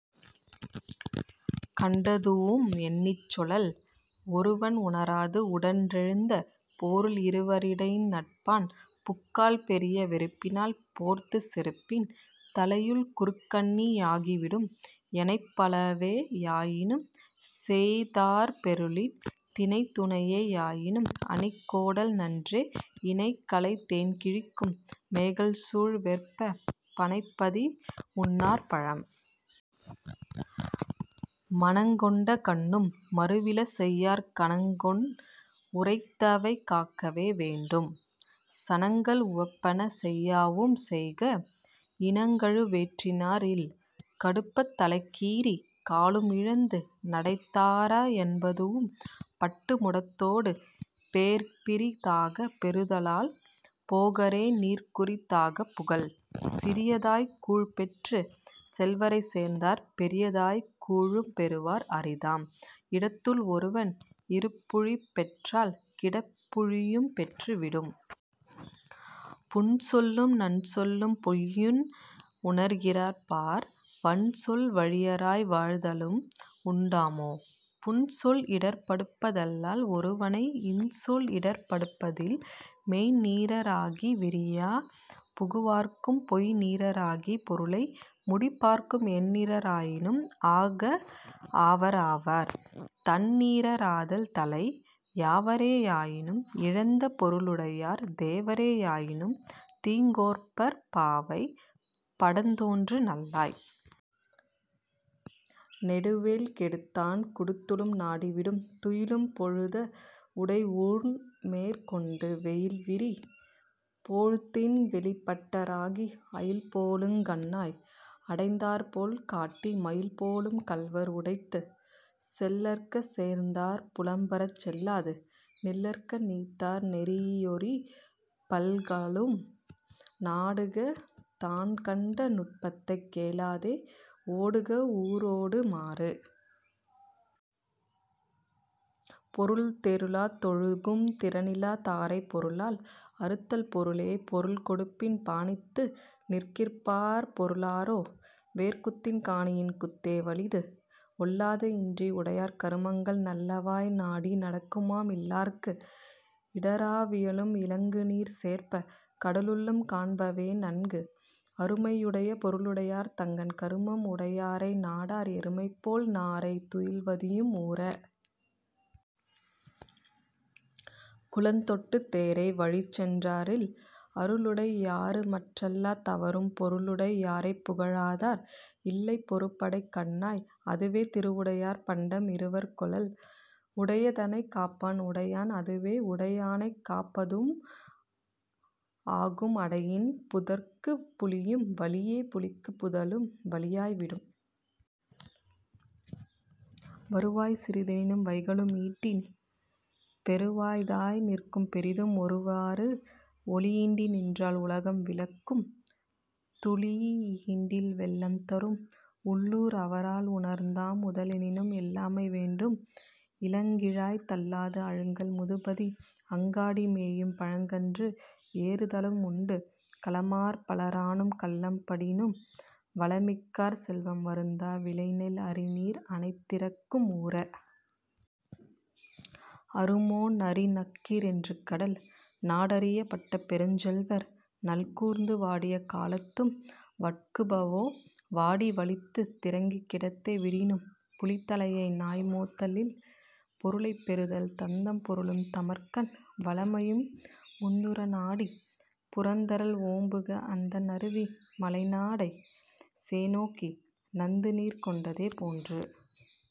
கண்டதூஉம் எண்ணிச் சொலல்'. ஒருவன் உணராது உடன்றெழுந்த போருள் இருவ ரிடைநட்பான் புக்கால் பெரிய வெறுப்பினால் போர்த்துச் செறுப்பின் 'தலையுள் குறுக்கண்ணி யாகி விடும்'. எனைப்பலவே யாயினும் சேய்த்தாற் பெறலின் தினைத்துணையே யானும் அணிக்கோடல் நன்றே இனக்கலை தேன்கிழிக்கும் மேகல்சூழ் வெற்ப! 'பனைப்பதித் உண்ணார் பழம்'. மனங்கொண்டக் கண்ணும் மருவில செய்யார் கனங்கொண் உரைத்தவை காக்கவே வேண்டும் சனங்கள் உவப்பன செய்யாவும் செய்க 'இனங்கழு வேற்றினார் இல்'. கடுப்பத் தலைக்கீறிக் காலும் இழந்து நடைத்தாரா என்பதூஉம் பட்டு முடத்தோடு பேர்பிறி தாகப் பெறுதலால் 'போகாரே நீர்குறி தாகப் புகல்'. சிறியதாய கூழ்பெற்றுச் செல்வரைச் சேர்ந்தார் பெரிதாய கூழும் பெறுவர் அரிதாம் 'இடத்துள் ஒருவன் இருப்புழிப் பெற்றால் கிடப்புழியும் பெற்று விடும்'. புன்சொல்லும் நன்சொல்லும் பொய்யின் உணர்கிற்பார் வன்சொல் வழியராய் வாழ்தலும் உண்டாமோ? புன்சொல் இடர்ப்படுப்ப தல்லால் ஒருவனை 'இன்சொல் இடர்ப்படுப்ப தில்'. மெய்ந்நீர ராகி விரியப் புகுவார்க்கும் பொய்ந்நீர ராகிப் பொருளை முடிப்பார்க்கும் எந்நீர ராயினும் ஆகு அவரவர் 'தந்நீர ராதல் தலை'. யாவரே யாயினும் இழந்த பொருளுடையார் தேவரே யாயினும் தீங்கோர்ப்பர் பாவை படத்தோன்று நல்லாய்! 'நெடுவேல் கெடுத்தான் குடத்துளும் நாடி விடும்'. துயிலும் பொழுதத் உடைஊண்மேற் கொண்டு வெயில்விரி போழ்தின் வெளிப்பட்டா ராகி அயில்போலுங் கண்ணாய்! அடைந்தார்போல் காட்டி 'மயில்போலும் கள்வர் உடைத்து'. செல்லற்க சேர்ந்தார் புலம்புறச் செல்லாது நில்லற்க நீத்தார் நெறியொரீப் பல்காலும் நாடுக தான்கண்ட நுட்பத்தைக் கேளாதே 'ஓடுக ஊரோடு மாறு'.. பொருள் தெருளா தொழுகும் திறனிலா தாரைப் பொருளால் அறுத்தல் பொருளே பொருள்கொடுப்பின் பாணித்து நிற்கிற்பார் யாருளரோ? 'வேற்குத்தின் காணியின் குத்தே வலிது'. ஒல்லாத இன்றி உடையார் கருமங்கள் நல்லவாய் நாடி நடக்குமாம் இல்லார்க்கு இடரா வியலும் இலங்குநீர்ச் சேர்ப்ப! 'கடலுள்ளும் காண்பவே நன்கு'. அருமை யுடைய பொருளுடையார் தங்கண் கருமம் உடையாரை நாடார் எருமைமேல் நாரை துயில்வதியும் ஊர! 'குளந்தொட்டுத் தேரை வழிச்சென்றார் இல்'. அருளுடை யாருமற் றல்லா தவரும் பொருளுடை யாரைப் புகழாதார் இல்லை பொருபடைக் கண்ணாய்! அதுவே 'திருவுடையார் பண்டம் இருவர் கொளல்'. உடையதனைக் காப்பான் உடையான் அதுவே உடையானைக் காப்பதூஉம் ஆகும் அடையின் 'புதற்குப் புலியும் வலியே புலிக்குப் புதலும் வலியாய் விடும்'. வருவாய் சிறிதெனினும் வைகலும் ஈண்டின் பெருவாய்த்தாய் நிற்கும் பெரிதும் ஒருவாறு ஒளியீண்டி நின்றால் உலகம் விளக்கும் 'துளியீண்டில் வெள்ளம் தரும்'. உள்ளூர் அவரால் உணர்ந்தாம் முதலெனினும் எள்ளாமை வேண்டும் இலங்கிழாய்! தள்ளாது அழுங்கல் முதுபதி 'அங்காடி மேயும் பழங்கன்று ஏறாதலும் உண்டு'. களமர் பலரானும் கள்ளம் படினும் வளமிக்கார் செல்வம் வருந்தா விளைநெல் அரிநீர் அணைதிறக்கும் ஊர! 'அறுமோ நரிநக்கிற் என்று கடல்'. நாடறியப் பட்ட பெருஞ்செல்வர் நல்கூர்ந்து வாடிய காலத்தும் வட்குபவோ! வாடி வலித்துத் திரங்கிக் கிடந்தே விடினும் 'புலித்தலையை நாய்மோத்தல் இல்'. பொருளைப் பெறுதல் தந்தம் பொருளும் தமர்கண் வளமையும் முந்துற நாடிப் புறந்தரல் ஓம்புக அந்தண் அருவி மலைநாட! சேணோக்கி 'நந்துநீர் கொண்டதே போன்று'.